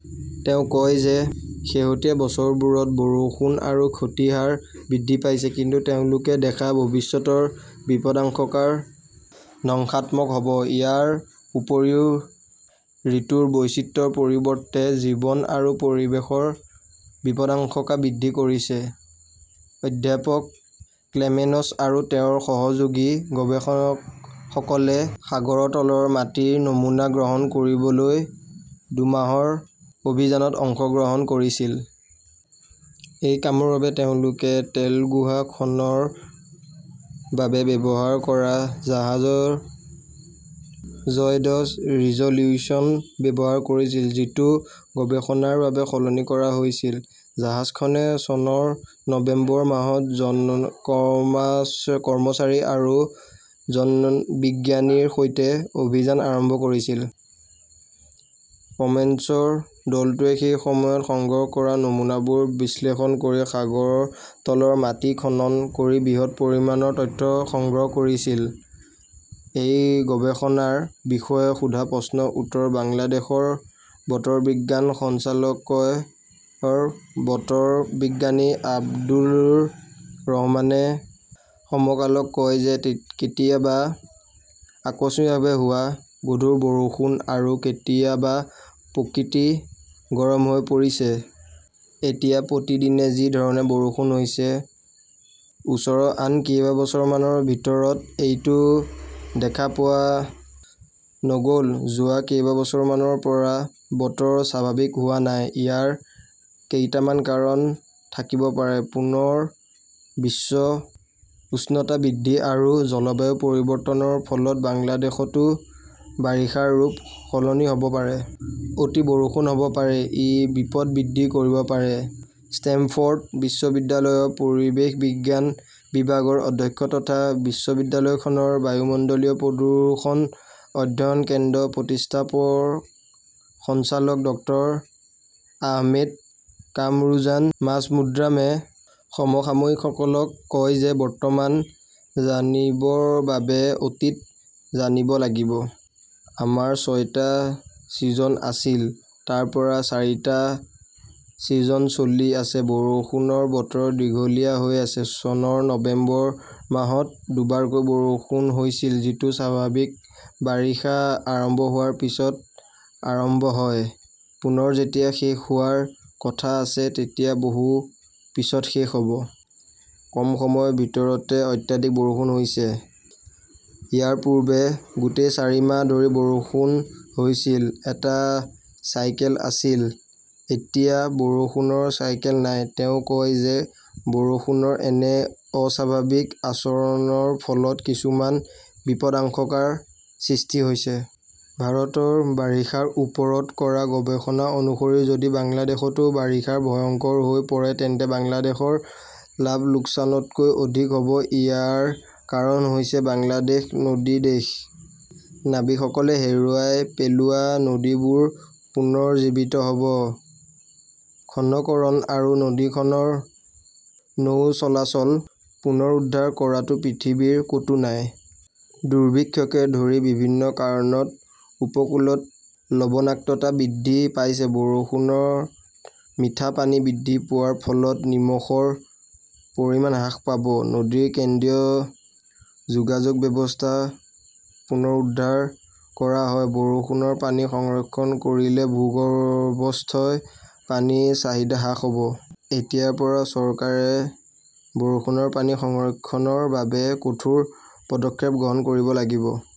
তেওঁ কয় যে শেহতীয়া বছৰবোৰত বৰষুণ আৰু ক্ষতিৰ হাৰ বৃদ্ধি পাইছে। কিন্তু তেওঁলোকে দেখা ভৱিষ্যতৰ বিপদাশংকা ধ্বংসাত্মক হ'ব। ইয়াৰ উপৰিও, ঋতুৰ বৈচিত্ৰ্যৰ পৰিৱৰ্তনে জীৱন আৰু পৰিৱেশৰ বিপদাশংকা বৃদ্ধি কৰিছে। অধ্যাপক ক্লেমেনছ আৰু তেওঁৰ সহযোগী গৱেষকসকলে সাগৰৰ তলৰ মাটিৰ নমুনা সংগ্ৰহ কৰিবলৈ দুমাহৰ অভিযানত অংশগ্ৰহণ কৰিছিল। এই কামৰ বাবে তেওঁলোকে তেলগুহা খননৰ বাবে ব্যৱহাৰ কৰা জাহাজ জয়েডছ ৰিজলিউশ্যন ব্যৱহাৰ কৰিছিল, যিটো গৱেষণাৰ বাবে সলনি কৰা হৈছিল। জাহাজখনে চনৰ নৱেম্বৰ মাহত জন কৰ্মচাৰী আৰু জন বিজ্ঞানীৰ সৈতে অভিযান আৰম্ভ কৰিছিল। ক্লেমেন্সৰ দলটোৱে সেই সময়ত সংগ্ৰহ কৰা নমুনাবোৰ বিশ্লেষণ কৰি সাগৰৰ তলৰ মাটি খনন কৰি বৃহৎ পৰিমাণৰ তথ্য সংগ্ৰহ কৰিছিল। এই গৱেষণাৰ বিষয়ে সোধা প্ৰশ্নৰ উত্তৰত বাংলাদেশৰ বতৰ বিজ্ঞান সঞ্চালকালয়ৰ বতৰ বিজ্ঞানী আব্দুৰ ৰহমানে সমকালক কয় যে কেতিয়াবা আকস্মিকভাৱে হোৱা গধুৰ বৰষুণ আৰু কেতিয়াবা প্ৰকৃতি গৰম হৈ পৰিছে। এতিয়া প্ৰতিদিনে যি ধৰণে বৰষুণ হৈছে, ওচৰৰ আন কেইবছৰমানৰ ভিতৰত এইটো দেখা পোৱা নগ'ল। যোৱা কেইবছৰমানৰ পৰা বতৰ স্বাভাৱিক হোৱা নাই। ইয়াৰ কেইটামান কাৰণ থাকিব পাৰে। পুনৰ বিশ্ব উষ্ণতা বৃদ্ধি আৰু জলবায়ু পৰিৱৰ্তনৰ ফলত বাংলাদেশতো বাৰিষাৰ ৰূপ সলনি হ'ব পাৰে। অতি বৰষুণ হ'ব পাৰে। ই বিপদ বৃদ্ধি কৰিব পাৰে। ষ্টেমফৰ্ড বিশ্ববিদ্যালয়ৰ পৰিৱেশ বিজ্ঞান বিভাগৰ অধ্যক্ষ তথা বিশ্ববিদ্যালয়খনৰ বায়ুমণ্ডলীয় প্ৰদূষণ অধ্যয়ন কেন্দ্ৰৰ প্ৰতিষ্ঠাপক সঞ্চালক ডাঃ আহমেদ কামৰুজান মাজমুদ্ৰামে সমসাময়িকসকলক কয় যে বৰ্তমান জানিবৰ বাবে অতীত জানিব লাগিব। আমাৰ ছয়টা ছিজন আছিল। তাৰ পৰা চাৰিটা ছিজন চলি আছে। বৰষুণৰ বতৰ দীঘলীয়া হৈ আছে। চনৰ নৱেম্বৰ মাহত দুবাৰকৈ বৰষুণ হৈছিল, যিটো অস্বাভাৱিক। বাৰিষা আৰম্ভ হোৱাৰ পিছত আৰম্ভ হয়। পুনৰ যেতিয়া শেষ হোৱাৰ কথা আছে তেতিয়া বহু পিছত শেষ হয়। কম সময়ৰ ভিতৰতে অত্যাধিক বৰষুণ হৈছে। ইয়াৰ পূৰ্বে গোটেই চাৰি মাহ ধৰি বৰষুণ হৈছিল। এটা চাইকেল আছিল। এতিয়া বৰষুণৰ চাইকেল নাই। তেওঁ কয় যে বৰষুণৰ এনে অস্বাভাৱিক আচৰণৰ ফলত কিছুমান বিপদাশংকাৰ সৃষ্টি হৈছে। ভাৰতৰ বাৰিষাৰ ওপৰত কৰা গৱেষণা অনুসৰি যদি বাংলাদেশতো বাৰিষা ভয়ংকৰ হৈ পৰে, তেন্তে বাংলাদেশৰ লাভ লোকচানতকৈ অধিক হ'ব। ইয়াৰ কাৰণ হৈছে বাংলাদেশ নদীৰ দেশ। নাবিকসকলে হেৰুৱাই পেলোৱা নদীবোৰ পুনৰ জীৱিত হ'ব। খননকৰণ আৰু নদীখনৰ নৌ-চলাচল পুনৰুদ্ধাৰ কৰাটো পৃথিৱীৰ ক'তো নাই। দুৰ্ভিক্ষকে ধৰি বিভিন্ন কাৰণত উপকূলত লবণাক্ততা বৃদ্ধি পাইছে। বৰষুণত মিঠা পানী বৃদ্ধি পোৱাৰ ফলত নিমখৰ পৰিমাণ হ্ৰাস পাব। নদী কেন্দ্ৰীয় যোগাযোগ ব্যৱস্থাও পুনৰুদ্ধাৰ কৰা হ'ব। বৰষুণৰ পানী সংৰক্ষণ কৰিলে ভূগৰ্ভস্থ পানীৰ চাহিদা হ্ৰাস হ'ব। এতিয়াৰ পৰা চৰকাৰে বৰষুণৰ পানী সংৰক্ষণৰ বাবে কঠোৰ পদক্ষেপ গ্ৰহণ কৰিব লাগিব।